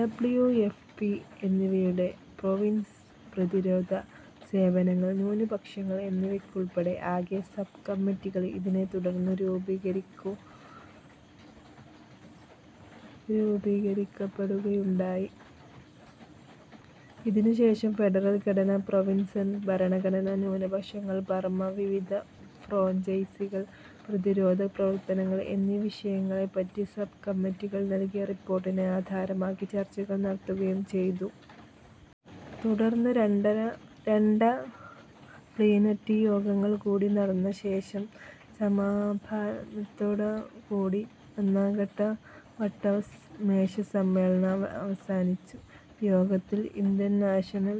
W. F. P എന്നിവയുടെ province, പ്രതിരോധ സേവനങ്ങൾ, ന്യൂനപക്ഷങ്ങൾ എന്നിവയ്ക്കുൾപ്പെടെ ആകെ സബ്കമ്മിറ്റികൾ ഇതിനെത്തുടർന്ന് രൂപീകരിക്കപ്പെടുകയുണ്ടായി. ഇതിനുശേഷം ഫെഡറൽ ഘടന, പ്രൊവിൻസൽ ഭരണഘടന, ന്യൂനപക്ഷങ്ങൾ, ബർമ, വിവിധ ഫ്രാഞ്ചൈസികൾ, പ്രതിരോധ പ്രവർത്തനങ്ങൾ എന്നീ വിഷയങ്ങളെക്കുറിച്ച് സബ്കമ്മിറ്റികൾ നൽകിയ റിപ്പോർട്ടിനെ ആധാരമാക്കി ചർച്ചകൾ നടത്തുകയും ചെയ്തു. തുടർന്ന് രണ്ട പ്ലീനറ്റി യോഗങ്ങൾ കൂടി നടന്നശേഷം സമാപനത്തോടുകൂടി ഒന്നാം വട്ടമേശസമ്മേളനം അവസാനിച്ചു. യോഗത്തിൽ ഇന്ത്യൻ നാഷണൽ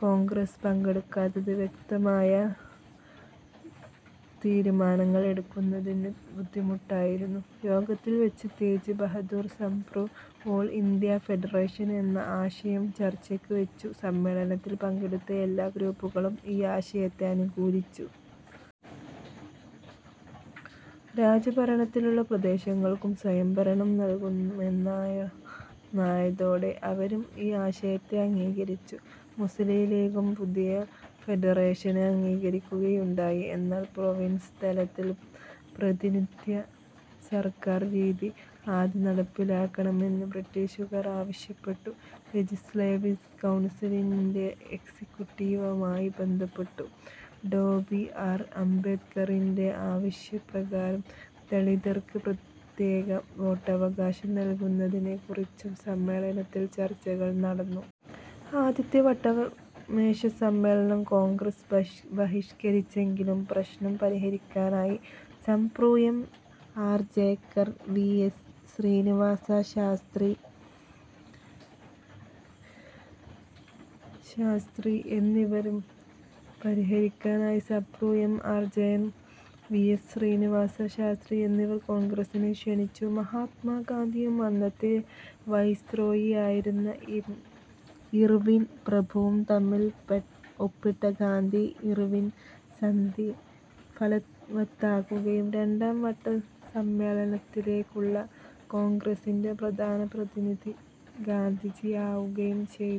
കോൺഗ്രസ് പങ്കെടുക്കാത്തത് വ്യക്തമായ തീരുമാനങ്ങൾ എടുക്കുന്നതിന് ബുദ്ധിമുട്ടായിരുന്നു. യോഗത്തിൽ വച്ച് Tej Bahadur Sapru, all India federation എന്ന ആശയം ചർച്ചയ്ക്ക് വച്ചു. സമ്മേളനത്തിൽ പങ്കെടുത്ത എല്ലാ ഗ്രൂപ്പുകളും ഈ ആശയത്തെ അനുകൂലിച്ചു. രാജഭരണത്തിലുള്ള പ്രദേശങ്ങൾക്കും സ്വയം ഭരണം നൽകുമെന്നായതോടെ അവരും ഈ ആശയത്തെ അംഗീകരിച്ചു. മുസ്ലിം ലീഗും പുതിയ ഫെഡറേഷനെ അംഗീകരിക്കുകയുണ്ടായി. എന്നാൽ പ്രൊവിൻസ് തലത്തിൽ പ്രതിനിധ്യ സർക്കാർ രീതി ആദ്യം നടപ്പിലാക്കണമെന്ന് ബ്രിട്ടീഷുകാർ ആവശ്യപ്പെട്ടു. ലെജിസ്ലേറ്റീവ് കൗൺസിലിന്റെ എക്സിക്യൂട്ടീവുമായി ബന്ധപ്പെട്ടും ഡോ. ബി. ആർ. അംബേദ്കറിന്റെ ആവശ്യപ്രകാരം ദളിതർക്ക് പ്രത്യേക വോട്ടവകാശം നൽകുന്നതിനെക്കുറിച്ചും സമ്മേളനത്തിൽ ചർച്ചകൾ നടന്നു. ആദ്യത്തെ വട്ടമേശസമ്മേളനം കോൺഗ്രസ് ബഹിഷ്കരിച്ചെങ്കിലും പ്രശ്നം പരിഹരിക്കാനായി Sapru, M. R. Jayakar, V. S. Srinivasa Sastri എന്നിവർ കോൺഗ്രസിനെ ക്ഷണിച്ചു. മഹാത്മാഗാന്ധിയും അന്നത്തെ വൈസ്രോയിയായിരുന്ന ഇർവിൻ പ്രഭുവും തമ്മിൽ ഒപ്പിട്ട ഗാന്ധി ഇർവിൻ സന്ധി ഫലവത്താവുകയും രണ്ടാം വട്ടമേശസമ്മേളനത്തിലേക്കുള്ള കോൺഗ്രസിന്റെ പ്രധാന പ്രതിനിധി ഗാന്ധിജിയാവുകയും ചെയ്.